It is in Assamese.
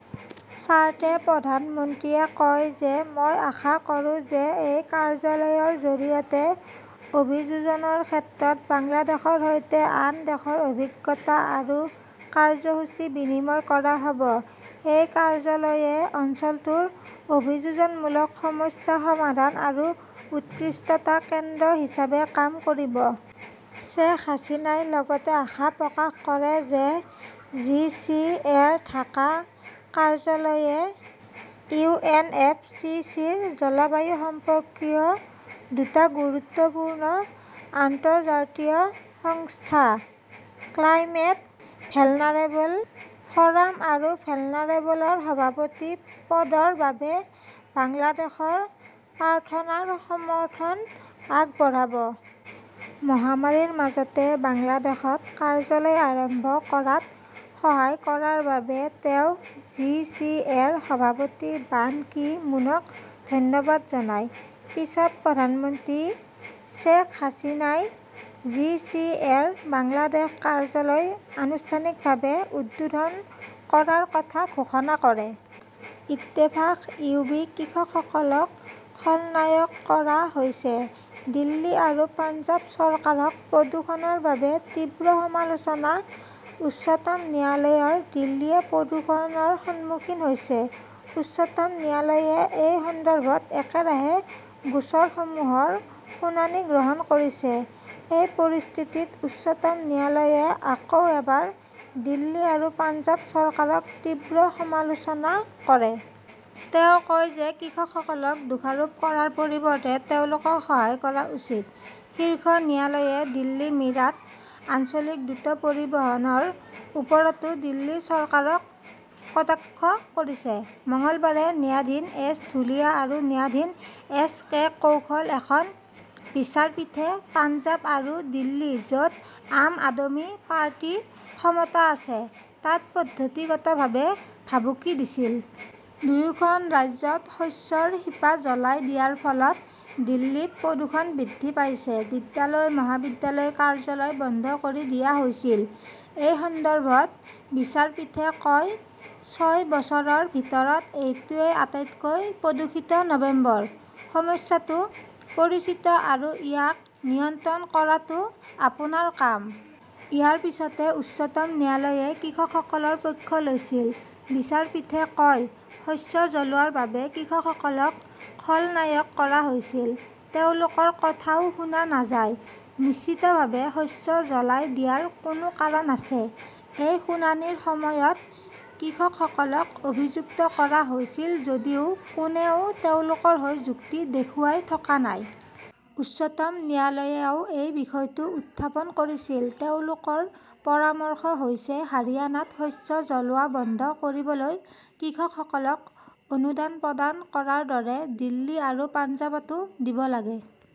চাৰ্টে প্ৰধানমন্ত্ৰীয়ে কয় যে, মই আশা কৰোঁ যে এই কাৰ্যালয়ৰ জৰিয়তে অভিযোজনৰ ক্ষেত্ৰত বাংলাদেশৰ সৈতে আন দেশৰ অভিজ্ঞতা আৰু কাৰ্যসূচী বিনিময় কৰা হ'ব। এই কাৰ্যালয়ে অঞ্চলটোৰ অভিযোজনমূলক সমস্যা সমাধান আৰু উৎকৃষ্টতা কেন্দ্ৰ হিচাপে কাম কৰিব। শ্বেখ হাছিনাই লগতে আশা প্ৰকাশ কৰে যে জি চি এৰ ঢাকা কাৰ্যালয়ে U N F C C জলবায়ু সম্পৰ্কীয় দুটা গুৰুত্বপূৰ্ণ আন্তঃৰাষ্ট্ৰীয় সংস্থা, 'ক্লাইমেট ভেলনাৰেবল ফ'ৰাম' আৰু 'ভেলনাৰেবল'ৰ সভাপতি পদৰ বাবে বাংলাদেশৰ প্ৰাৰ্থনাৰ সমৰ্থন আগবঢ়াব। মহামাৰীৰ মাজতে বাংলাদেশত কাৰ্যালয় আৰম্ভ কৰাত সহায় কৰাৰ বাবে তেওঁ জি চি এৰ সভাপতি বান কি মুনক ধন্যবাদ জনায়। পিছত প্ৰধানমন্ত্ৰী শ্বেখ হাছিনাই জি চি এৰ বাংলাদেশ কাৰ্যালয় আনুষ্ঠানিকভাৱে উদ্বোধন কৰাৰ কথা ঘোষণা কৰে। ইত্তেফাক, ইউবি কৃষকসকলক খলনায়ক কৰা হৈছে, দিল্লী আৰু পঞ্জাৱ চৰকাৰক প্ৰদূষণৰ বাবে তীব্ৰ সমালোচনা উচ্চতম ন্যায়ালয়ৰ দিল্লীয়ে প্ৰদূষণৰ সন্মুখীন হৈছে। উচ্চতম ন্যায়ালয়ে এই সন্দৰ্ভত একেৰাহে গোচৰসমূহৰ শুনানি গ্ৰহণ কৰিছে। এই পৰিস্থিতিত উচ্চতম ন্যায়ালয়ে আকৌ এবাৰ দিল্লী আৰু পঞ্জাৱ চৰকাৰক তীব্ৰ সমালোচনা কৰে। তেওঁ কয় যে কৃষকসকলক দোষাৰোপ কৰাৰ পৰিৱৰ্তে তেওঁলোকক সহায় কৰা উচিত। শীৰ্ষ ন্যায়ালয়ে দিল্লী মিৰাট আঞ্চলিক দ্ৰুত পৰিবহণৰ ওপৰতো দিল্লী চৰকাৰক কটাক্ষ কৰিছে। মঙলবাৰে ন্যায়াধীশ এছ ধুলিয়া আৰু ন্যায়াধীশ এছ কে কৌলৰ এখন বিচাৰপীঠে পঞ্জাৱ আৰু দিল্লী, য'ত আম আদমি পাৰ্টি ক্ষমতাত আছে, তাক পদ্ধতিগতভাৱে ভাবুকি দিছিল। দুয়োখন ৰাজ্যত শস্যৰ শিপা জ্বলাই দিয়াৰ ফলত দিল্লীত প্ৰদূষণ বৃদ্ধি পাইছে। বিদ্যালয়, মহাবিদ্যালয়, কাৰ্যালয় বন্ধ কৰি দিয়া হৈছিল। এই সন্দৰ্ভত বিচাৰপীঠে কয়, "ছয় বছৰৰ ভিতৰত এইটোৱেই আটাইতকৈ প্ৰদূষিত নৱেম্বৰ। সমস্যাটো পৰিচিত আৰু ইয়াক নিয়ন্ত্ৰণ কৰাটো আপোনাৰ কাম। ইয়াৰ পিছতে উচ্চতম ন্যায়ালয়ে কৃষকসকলৰ পক্ষ লৈছিল। বিচাৰপীঠে কয়, "শস্য জ্বলোৱাৰ বাবে কৃষকসকলক খলনায়ক কৰা হৈছে। তেওঁলোকৰ কথাও শুনা নাযায়। নিশ্চিতভাৱে শস্য জ্বলাই দিয়াৰ কোনো কাৰণ আছে।" এই শুনানিৰ সময়ত কৃষকসকলক অভিযুক্ত কৰা হৈছিল যদিও কোনেও তেওঁলোকৰ হৈ যুক্তি দেখুৱাই থকা নাই। উচ্চতম ন্যায়ালয়েও এই বিষয়টো উত্থাপন কৰিছিল। তেওঁলোকৰ পৰামৰ্শ হৈছে, হাৰিয়ানাত শস্য জ্বলোৱা বন্ধ কৰিবলৈ কৃষকসকলক অনুদান প্ৰদান কৰাৰ দৰে দিল্লী আৰু পঞ্জাৱতো দিব লাগে।